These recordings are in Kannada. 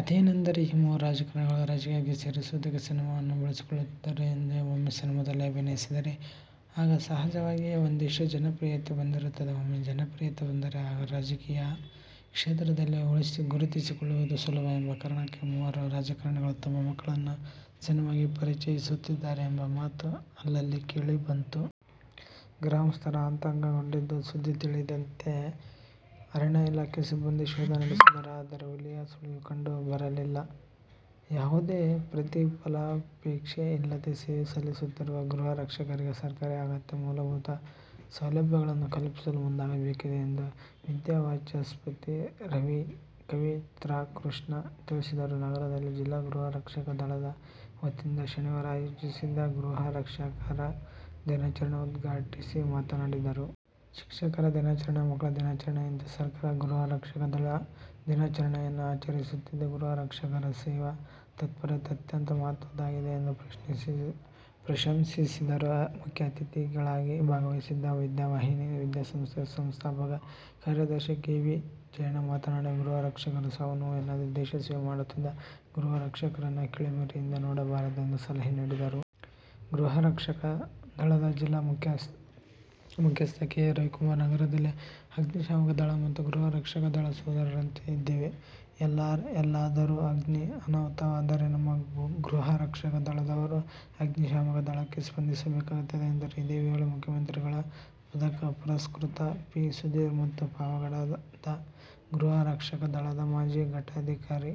ಅದೇನೆಂದರೆ, ಈ ಮೂವರೂ ರಾಜಕಾರಣಿಗಳು, ರಾಜಕೀಯಕ್ಕೆ ಸೇರಿಸುವುದಕ್ಕೆ ಸಿನಿಮಾವನ್ನು ಬಳಸಿಕೊಳ್ಳುತ್ತಿದ್ದಾರೆ ಎಂದು. ಒಮ್ಮೆ ಸಿನಿಮಾದಲ್ಲಿ ಅಭಿನಯಿಸಿದರೆ, ಆಗ ಸಹಜವಾಗಿಯೇ ಒಂದಿಷ್ಟು ಜನಪ್ರಿಯತೆ ಬಂದಿರುತ್ತದೆ. ಒಮ್ಮೆ ಜನಪ್ರಿಯತೆ ಬಂದರೆ, ಆಗ ರಾಜಕೀಯ ಕ್ಷೇತ್ರದಲ್ಲಿ ಗುರುತಿಸಿಕೊಳ್ಳುವುದು ಸುಲಭ ಎಂಬ ಕಾರಣಕ್ಕೆ ಮೂವರು ರಾಜಕಾರಣಿಗಳು ತಮ್ಮ ಮಕ್ಕಳನ್ನು ಸಿನಿಮಾಗೆ ಪರಿಚಯಿಸುತ್ತಿದ್ದಾರೆ ಎಂಬ ಮಾತು ಅಲ್ಲಲ್ಲಿ ಕೇಳಿ ಬಂತು. ಗ್ರಾಮಸ್ಥರು ಆತಂಕಗೊಂಡಿದ್ದು, ಸುದ್ದಿ ತಿಳಿಯುತ್ತಿದ್ದಂತೆ ಅರಣ್ಯ ಇಲಾಖೆ ಸಿಬ್ಬಂದಿ ಶೋಧ ನಡೆಸಿದರು. ಆದರೆ ಹುಲಿಯ ಸುಳಿವು ಕಂಡು ಬರಲಿಲ್ಲ. ಯಾವುದೇ ಪ್ರತಿಫಲಾಪೇಕ್ಷೆ ಇಲ್ಲದೆ ಸೇವೆ ಸಲ್ಲಿಸುತ್ತಿರುವ ಗೃಹ ರಕ್ಷಕರಿಗೆ ಸರ್ಕಾರ ಅಗತ್ಯ ಮೂಲಭೂತ ಸೌಲಭ್ಯಗಳನ್ನು ಕಲ್ಪಿಸಲು ಮುಂದಾಗಬೇಕಿದೆ ಎಂದು ವಿದ್ಯಾವಾಚಸ್ಪತಿ ಕವಿತಾಕೃಷ್ಣ ತಿಳಿಸಿದರು. ನಗರದಲ್ಲಿ ಜಿಲ್ಲಾಗೃಹರಕ್ಷಕ ದಳದ ವತಿಯಿಂದ ಶನಿವಾರ ಆಯೋಜಿಸಿದ್ದ ಗೃಹ ರಕ್ಷಕರ ದಿನಾಚರಣೆ ಉದ್ಘಾಟಿಸಿ ಮಾತನಾಡಿದರು. ಶಿಕ್ಷಕರ ದಿನಾಚರಣೆ, ಮಕ್ಕಳ ದಿನಾಚರಣೆಯಂತೆ ಸರ್ಕಾರ ಗೃಹರಕ್ಷಕ ದಳದಿನಾಚರಣೆಯನ್ನು ಆಚರಿಸುತ್ತಿದ್ದು, ಗೃಹ ರಕ್ಷಕರ ಸೇವಾ ತತ್ಪರತೆ ಅತ್ಯಂತ ಮಹತ್ವದ್ದಾಗಿದೆ ಎಂದು ಪ್ರಶಂಸಿಸಿದರು. ಮುಖ್ಯಅತಿಥಿಗಳಾಗಿ ಭಾಗವಹಿಸಿದ್ದ ವಿದ್ಯಾವಾಹಿನಿ ವಿದ್ಯಾಸಂಸ್ಥೆಯ ಸಂಸ್ಥಾಪಕ ಕಾರ್ಯದರ್ಶಿ ಕೆ. ಬಿ. ಜಯಣ್ಣ ಮಾತನಾಡಿ, ಗೃಹ ರಕ್ಷಕರು ಸಾವು-ನೋವು ಎನ್ನದೇ ದೇಶ ಸೇವೆ ಮಾಡುತ್ತಿದ್ದು ಗೃಹರಕ್ಷಕರನ್ನು ಕೀಳರಿಮೆಯಿಂದ ನೋಡಬಾರದೆಂದು ಸಲಹೆ ನೀಡಿದರು. ಗೃಹರಕ್ಷಕ ದಳದ ಜಿಲ್ಲಾ ಮುಖ್ಯಸ್ಥ ಕೆ. ರವಿಕುಮಾರ್, ನಗರದಲ್ಲಿ ಅಗ್ನಿಶಾಮಕ ದಳ ಮತ್ತು ಗೃಹರಕ್ಷಕ ದಳ ಸೋದರರಂತೆ ಇದ್ದೇವೆ. ಎಲ್ಲಾದರೂ ಅಗ್ನಿ ಅನಾಹುತವಾದರೆ ನಮ್ಮ ಗೃಹರಕ್ಷಕ ದಳದವರು ಅಗ್ನಿಶಾಮಕ ದಳಕ್ಕೆ ಸ್ಪಂದಿಸಬೇಕಾಗುತ್ತದೆ ಎಂದರು. ಇದೇ ವೇಳೆ ಮುಖ್ಯಮಂತ್ರಿಗಳ ಪದಕ ಪುರಸ್ಕೃತ ಪಿ. ಸುಧೀರ್ ಮತ್ತು ಪಾವಗಡದ ಗೃಹರಕ್ಷಕ ದಳದ ಮಾಜಿ ಘಟಕಾಧಿಕಾರಿ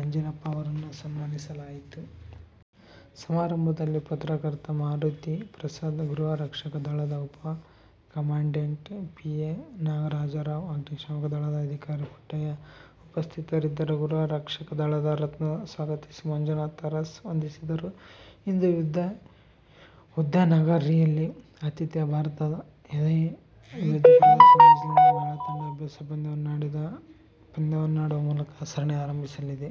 ಆಂಜಿನಪ್ಪ ಅವರನ್ನು ಸನ್ಮಾನಿಸಲಾಯಿತು. ಸಮಾರಂಭದಲ್ಲಿ ಪತ್ರಕರ್ತ ಮಾರುತಿಪ್ರಸಾದ್, ಗೃಹರಕ್ಷಕ ದಳದ ಉಪ ಕಮಾಂಡೆಂಟ್ ಪಿ. ಎ. ನಾಗರಾಜರಾವ್, ಅಗ್ನಿಶಾಮಕ ದಳದ ಅಧಿಕಾರಿ ಪುಟ್ಟಯ್ಯ ಉಪಸ್ಥಿತರಿದ್ದರು. ಗೃಹರಕ್ಷಕ ದಳದ ರತ್ನ ಸ್ವಾಗತಿಸಿ, ಮಂಜುನಾಥ ಅರಸ್ ವಂದಿಸಿದರು. ಇಂದು ಉದ್ಯಾನನಗರಿಯಲ್ಲಿ ಆತಿಥೇಯ ಭಾರತ ಎ' ವಿರುದ್ಧ ಪ್ರವಾಸಿ ನ್ಯೂಜಿಲೆಂಡ್ ಮಹಿಳಾ ತಂಡ ಅಭ್ಯಾಸ ಪಂದ್ಯವನ್ನಾಡುವ ಮೂಲಕ ಸರಣಿ ಆರಂಭಿಸಲಿದೆ.